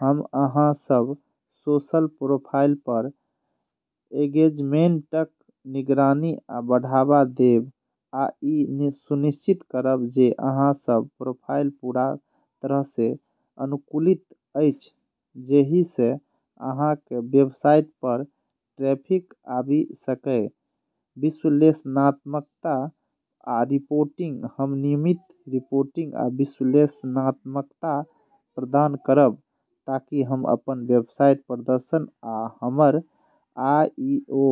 हम अहाँक सभ सोशल प्रोफाइल पर एंगेजमेंटक निगरानी आ बढ़ावा देब, आ ई सुनिश्चित करब जे अहाँक सभ प्रोफाइल पूरा तरह सँ अनुकूलित अछि जेहि सँ अहाँक वेबसाइट पर ट्रैफिक आबि सकए। विश्लेषणात्मकता आ रिपोर्टिंग: हम नियमित रिपोर्टिंग आ विश्लेषणात्मकता प्रदान करब, ताकि अहाँ अपन वेबसाइटक प्रदर्शन आ हमर एसईओ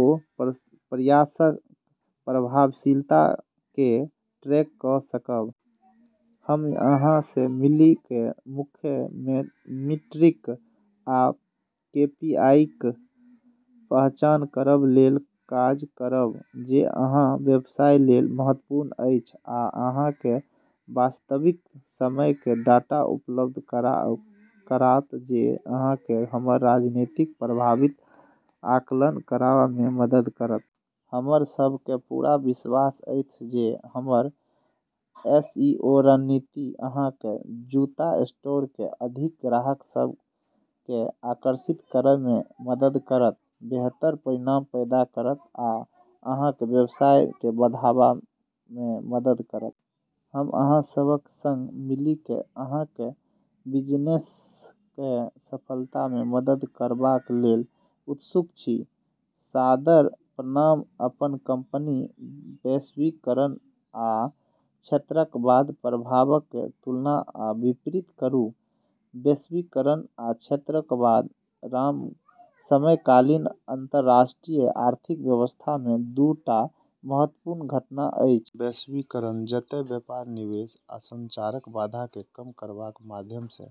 प्रयासक प्रभावशीलता केँ ट्रैक कऽ सकब। हम अहाँ सँ मिलि कऽ मुख्य मीट्रिक आ केपीआईक पहचान करबा लेल काज करब जे अहाँक व्यवसाय लेल महत्वपूर्ण अछि, आ अहाँ केँ वास्तविक समयक डाटा उपलब्ध कराओत जे अहाँ केँ हमर रणनीतिक प्रभावक आकलन करबा मे मदद करत। हमरा सभ केँ पूरा विश्वास अछि जे हमर एसईओ रणनीति अहाँक जूता स्टोर केँ अधिक ग्राहक सभ केँ आकर्षित करबा मे मदद करत, बेहतर परिणाम पैदा करत, आ अहाँक व्यवसाय केँ बढ़ाबय मे मदद करत। हम अहाँ सभक संग मिलि कऽ अहाँक बिजनेसक सफलता मे मदद करबा लेल उत्सुक छी। सादर प्रणाम, [अपन कंपनी]। वैश्वीकरण आ क्षेत्रवादक प्रभावक तुलना आ विपरीत करू। वैश्वीकरण आ क्षेत्रवाद समकालीन अंतर्राष्ट्रीय आर्थिक व्यवस्था मे दू टा महत्वपूर्ण घटना अछि। वैश्वीकरण जतए व्यापार, निवेश, आ संचारक बाधा केँ कम करबाक माध्यम सँ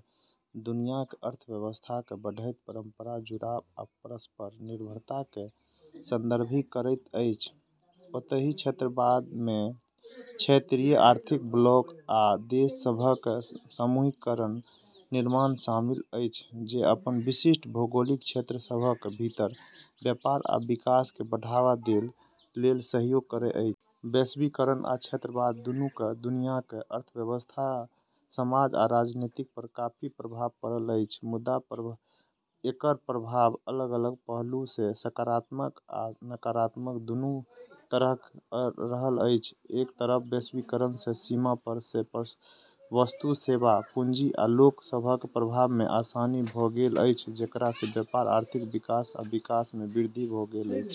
दुनियाक अर्थव्यवस्थाक बढ़ैत परस्पर जुड़ाव आ परस्पर निर्भरता केँ संदर्भित करैत अछि, ओतहि क्षेत्रवाद मे क्षेत्रीय आर्थिक ब्लॉक या देश सभक समूहीकरणक निर्माण शामिल अछि जे अपन विशिष्ट भौगोलिक क्षेत्र सभक भीतर व्यापार आ विकास केँ बढ़ावा देबा लेल सहयोग करैत अछि। वैश्वीकरण आ क्षेत्रवाद दुनू क दुनियाक अर्थव्यवस्था, समाज आ राजनीति पर काफी प्रभाव पड़ल अछि। मुदा एकर प्रभाव अलग-अलग पहलू मे सकारात्मक आ नकारात्मक दुनू तरहक रहल अछि। एक तरफ वैश्वीकरण सँ सीमा पार सँ वस्तु, सेवा, पूंजी, आ लोक सभक प्रवाह मे आसानी भऽ गेल अछि जेकरा सँ व्यापार, आर्थिक विकास आ विकास मे वृद्धि भऽ गेल अछि।